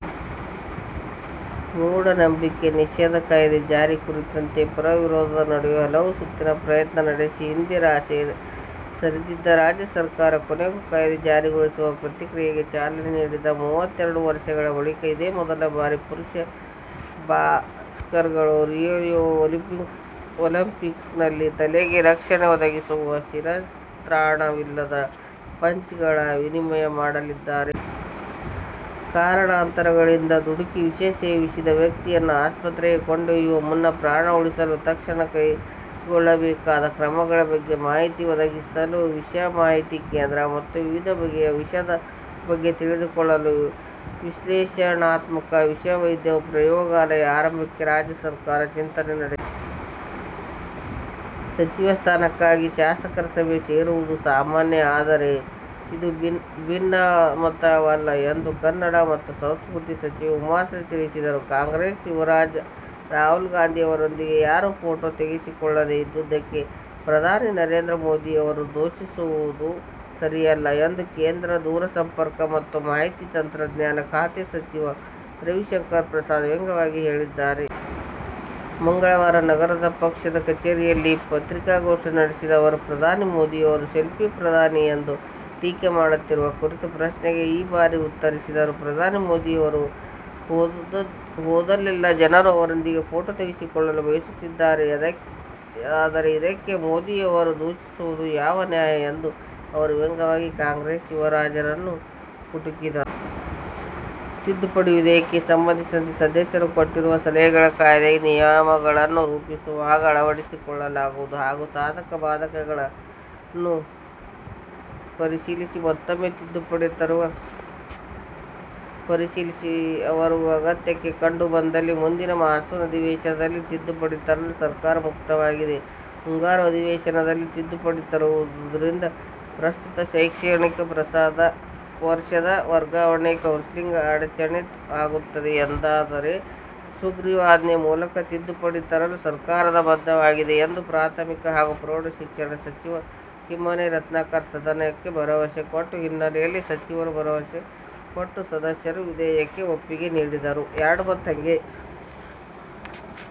ಮೂಢನಂಬಿಕೆ ನಿಷೇಧ ಕಾಯ್ದೆ ಜಾರಿ ಕುರಿತಂತೆ ಪರ-ವಿರೋಧದ ನಡುವೆ ಹಲವು ಸುತ್ತಿನ ಪ್ರಯತ್ನ ನಡೆಸಿ ಹಿಂದೆ ಸರಿದಿದ್ದ ರಾಜ್ಯ ಸರ್ಕಾರ ಕೊನೆಗೂ ಕಾಯ್ದೆ ಜಾರಿಗೊಳಿಸುವ ಪ್ರಕ್ರಿಯೆಗೆ ಚಾಲನೆ ನೀಡಿದೆ. ಮೂವತ್ತೆರಡು ವರ್ಷಗಳ ಬಳಿಕ ಇದೇ ಮೊದಲ ಬಾರಿ ಪುರುಷ ಬಾಕ್ಸರ್ಗಳು ರಿಯೋ ಒಲಿಂಪಿಕ್ಸ್ನಲ್ಲಿ ತಲೆಗೆ ರಕ್ಷಣೆ ಒದಗಿಸುವ ಶಿರಸ್ತ್ರಾಣವಿಲ್ಲದೆ ಪಂಚ್ಗಳ ವಿನಿಮಯ ಮಾಡಲಿದ್ದಾರೆ. ಕಾರಣಾಂತರಗಳಿಂದ ದುಡುಕಿ ವಿಷ ಸೇವಿಸಿದ ವ್ಯಕ್ತಿಯನ್ನು ಆಸ್ಪತ್ರೆಗೆ ಕೊಂಡೊಯ್ಯುವ ಮುನ್ನ ಪ್ರಾಣ ಉಳಿಸಲು ತಕ್ಷಣ ಕೈಗೊಳ್ಳಬೇಕಾದ ಕ್ರಮಗಳ ಬಗ್ಗೆ ಮಾಹಿತಿ ಒದಗಿಸಲು "ವಿಷ ಮಾಹಿತಿ ಕೇಂದ್ರ' ಮತ್ತು ವಿವಿಧ ಬಗೆಯ ವಿಷದ ಬಗ್ಗೆ ತಿಳಿದುಕೊಳ್ಳಲು "ವಿಶ್ಲೇಷಣಾತ್ಮಕ ವಿಷ ವೈದ್ಯ ಪ್ರಯೋಗಾಲಯ' ಆರಂಭಕ್ಕೆ ರಾಜ್ಯ ಸರ್ಕಾರ ಚಿಂತನೆ ನಡೆಸಿದೆ. ಸಚಿವ ಸ್ಥಾನಕ್ಕಾಗಿ ಶಾಸಕರು ಸಭೆ ಸೇರುವುದು ಸಾಮಾನ್ಯ. ಆದರೆ ಇದು ಭಿನ್ನಮತ ವಲ್ಲ ಎಂದು ಕನ್ನಡ ಮತ್ತು ಸಂಸ್ಕೃತಿ ಸಚಿವೆ ಉಮಾಶ್ರೀ ತಿಳಿಸಿದರು. ಕಾಂಗ್ರೆಸ್ ಯುವರಾಜ ರಾಹುಲ್ ಗಾಂಧಿ ಅವರೊಂದಿಗೆ ಯಾರೂ ಫೋಟೋ ತೆಗೆಸಿಕೊಳ್ಳದೇ ಇದ್ದುದಕ್ಕೆ ಪ್ರಧಾನಿ ನರೇಂದ್ರ ಮೋದಿ ಅವರನ್ನು ದೂಷಿಸುವುದು ಸರಿಯಲ್ಲ ಎಂದು ಕೇಂದ್ರ ದೂರಸಂಪರ್ಕ ಮತ್ತು ಮಾಹಿತಿ ತಂತ್ರಜ್ಞಾನ ಖಾತೆ ಸಚಿವ ರವಿಶಂಕರ್ ಪ್ರಸಾದ್ ವ್ಯಂಗ್ಯವಾಗಿ ಹೇಳಿದ್ದಾರೆ. ಮಂಗಳವಾರ ನಗರದ ಪಕ್ಷದ ಕಚೇರಿಯಲ್ಲಿ ಪತ್ರಿಕಾಗೋಷ್ಠಿ ನಡೆಸಿದ ಅವರು ಪ್ರಧಾನಿ ಮೋದಿ ಅವರನ್ನು ಸೆಲ್ಫಿ ಪ್ರಧಾನಿ ಎಂದು ಟೀಕೆ ಮಾಡುತ್ತಿರುವ ಕುರಿತ ಪ್ರಶ್ನೆಗೆ ಈ ರೀತಿ ಉತ್ತರಿಸಿದರು. ಪ್ರಧಾನಿ ಮೋದಿ ಅವರು ಹೋದಲ್ಲೆಲ್ಲ ಜನರು ಅವರೊಂದಿಗೆ ಫೋಟೋ ತೆಗೆಸಿಕೊಳ್ಳಲು ಬಯಸುತ್ತಿದ್ದಾರೆ. ಆದರೆ, ಇದಕ್ಕೆ ಮೋದಿ ಅವರನ್ನು ದೂಷಿಸುವುದು ಯಾವ ನ್ಯಾಯ ಎಂದು ಅವರು ವ್ಯಂಗವಾಗಿ ಕಾಂಗ್ರೆಸ್ ಯುವರಾಜನನ್ನು ಕುಟುಕಿದರು. ತಿದ್ದುಪಡಿ ವಿಧೇಯಕಕ್ಕೆ ಸಂಬಂಧಿಸಿದಂತೆ ಸದಸ್ಯರು ಕೊಟ್ಟಿರುವ ಸಲಹೆಗಳನ್ನು ಕಾಯ್ದೆಗೆ ನಿಯಮಗಳನ್ನು ರೂಪಿಸುವಾಗ ಅಳವಡಿಸಿಕೊಳ್ಳಲಾಗುವುದು ಹಾಗೂ ಸಾಧಕ-ಬಾಧಕಗಳನ್ನು ಪರಿಶೀಲಿಸಿ ಮತ್ತೂಮ್ಮೆ ತಿದ್ದುಪಡಿ ತರುವ ಅಗತ್ಯತೆ ಕಂಡು ಬಂದಲ್ಲಿ ಮುಂದಿನ ಮಾನ್ಸೂನ್ ಅಧಿವೇಶನದಲ್ಲಿ ತಿದ್ದುಪಡಿ ತರಲು ಸರ್ಕಾರ ಮುಕ್ತವಾಗಿದೆ. ಮುಂಗಾರು ಅಧಿವೇಶನದಲ್ಲಿ ತಿದ್ದುಪಡಿ ತರುವುದರಿಂದ ಪ್ರಸಕ್ತ ಶೈಕ್ಷಣಿಕ ವರ್ಷದ ವರ್ಗಾವಣೆಯ ಕೌನ್ಸಿಲಿಂಗ್ಗೆ ಅಡಚಣೆ ಆಗುತ್ತದೆ ಎಂದಾದರೆ ಸುಗ್ರಿವಾಜ್ಞೆ ಮೂಲಕ ತಿದ್ದುಪಡಿ ತರಲು ಸರ್ಕಾರದ ಬದ್ಧವಾಗಿದೆ ಎಂದು ಪ್ರಾಥಮಿಕ ಹಾಗೂ ಪ್ರೌಢ ಶಿಕ್ಷಣ ಸಚಿವ ಕಿಮ್ಮನೆ ರತ್ನಾಕರ ಸದನಕ್ಕೆ ಭರವಸೆ ಕೊಟ್ಟ ಹಿನ್ನೆಲೆಯಲ್ಲಿ ಸಚಿವರ ಭರವಸೆಗೊಳಪಟ್ಟು ಸದಸ್ಯರು ವಿಧೇಯಕಕ್ಕೆ ಒಪ್ಪಿಗೆ ನೀಡಿದರು.